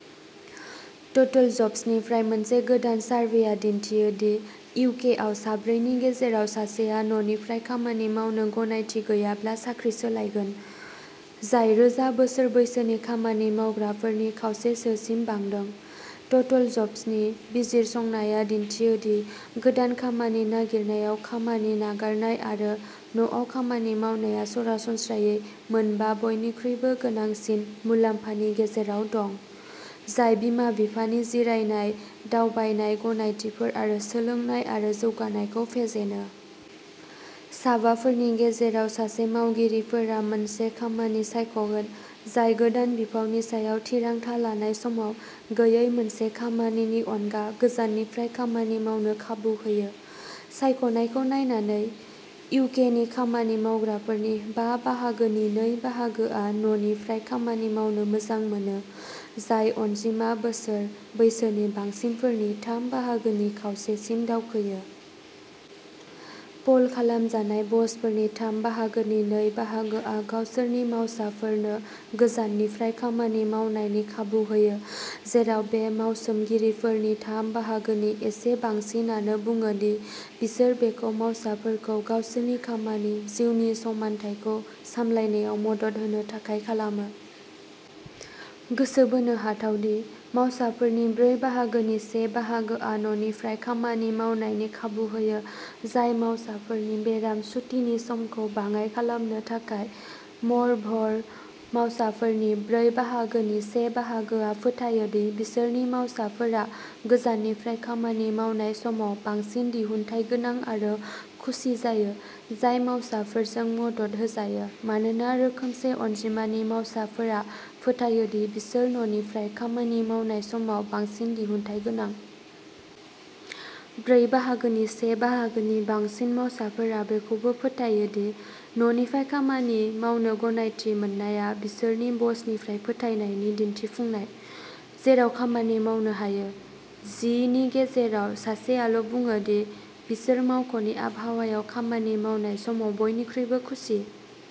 टोटलजब्सनिफ्राय मोनसे गोदान सारभेया दिन्थियो दि इउ. के. आव साब्रैनि गेजेराव सासेआ न'निफ्राय खामानि मावनो गनायथि गैयाब्ला साख्रि सोलायगोन, जाय रोजा बोसोर बैसोनि खामानि मावग्राफोरनि खावसेसोसिम बांदों। टोटलजब्स'नि बिजिरसंनाया दिन्थियो दि गोदान खामानि नागिरनायाव खामानि नागारनाय आरो न'आव खामानि मावनाया सरासनस्रायै मोनबा बयनिख्रुइबो गोनांसिन मुलाम्फानि गेजेराव दं, जाय बिमा-बिफानि जिरायनाय, दावबायनाय गनायथिफोर आरो सोलोंनाय आरो जौगानायखौ फेजेनो। साबाफोरनि गेजेराव सासे मावगिरिफोरा मोनसे खामानि सायख'गोन जाय गोदान बिफावनि सायाव थिरांथा लानाय समाव गैयै मोनसे खामानिनि अनगा गोजाननिफ्राय खामानि मावनो खाबु होयो। सायख'नायखौ नायनानै, इउ. के. नि खामानि मावग्राफोरनि बा बाहागोनि नै बाहागोआ न'निफ्राय खामानि मावनो मोजां मोनो, जाय अनजिमा बोसोर बैसोनि बांसिनफोरनि थाम बाहागोनि खावसेसिम दावखोयो। पोल खालामजानाय बसफोरनि थाम बाहागोनि नै बाहागोआ गावसोरनि मावसाफोरनो गोजाननिफ्राय खामानि मावनायनि खाबु होयो, जेराव बे मावसोमगिरिफोरनि थाम बाहागोनि एसे बांसिनानो बुङो दि बिसोर बेखौ मावसाफोरखौ गावसोरनि खामानि-जिउनि समानथायखौ सामलायनायाव मदद होनो थाखाय खालामो। गोसो बोनो हाथाव दि, मावसाफोरनि ब्रै बाहागोनि से बाहागोआ न'निफ्राय खामानि मावनायनि खाबु होयो, जाय मावसाफोरनि बेराम सुतिनि समखौ बाङाय खालामनो थाखाय। म'रभ'र, मावसाफोरनि ब्रै बाहागोनि से बाहागोआ फोथायो दि बिसोरनि मावसाफोरा गोजाननिफ्राय खामानि मावनाय समाव बांसिन दिहुनथायगोनां आरो खुसि जायो, जाय मावसाफोरजों मदद होजायो, मानोना रोखोमसे अनजिमानि मावसाफोरा फोथायो दि बिसोर न'निफ्राय खामानि मावनाय समाव बांसिन दिहुनथायगोनां। ब्रै बाहागोनि से बाहागोनि बांसिन मावसाफोरा बेखौबो फोथायो दि न'निफ्राय खामानि मावनो गनायथि मोननाया बिसोरनि बसनिफ्राय फोथायनायनि दिन्थिफुंनाय। जेराव खामानि मावनो हायो, जि नि गेजेराव सासेआल'बुङो दि बिसोर मावख'नि आबहावायाव खामानि मावनाय समाव बयनिख्रुइबो खुसि।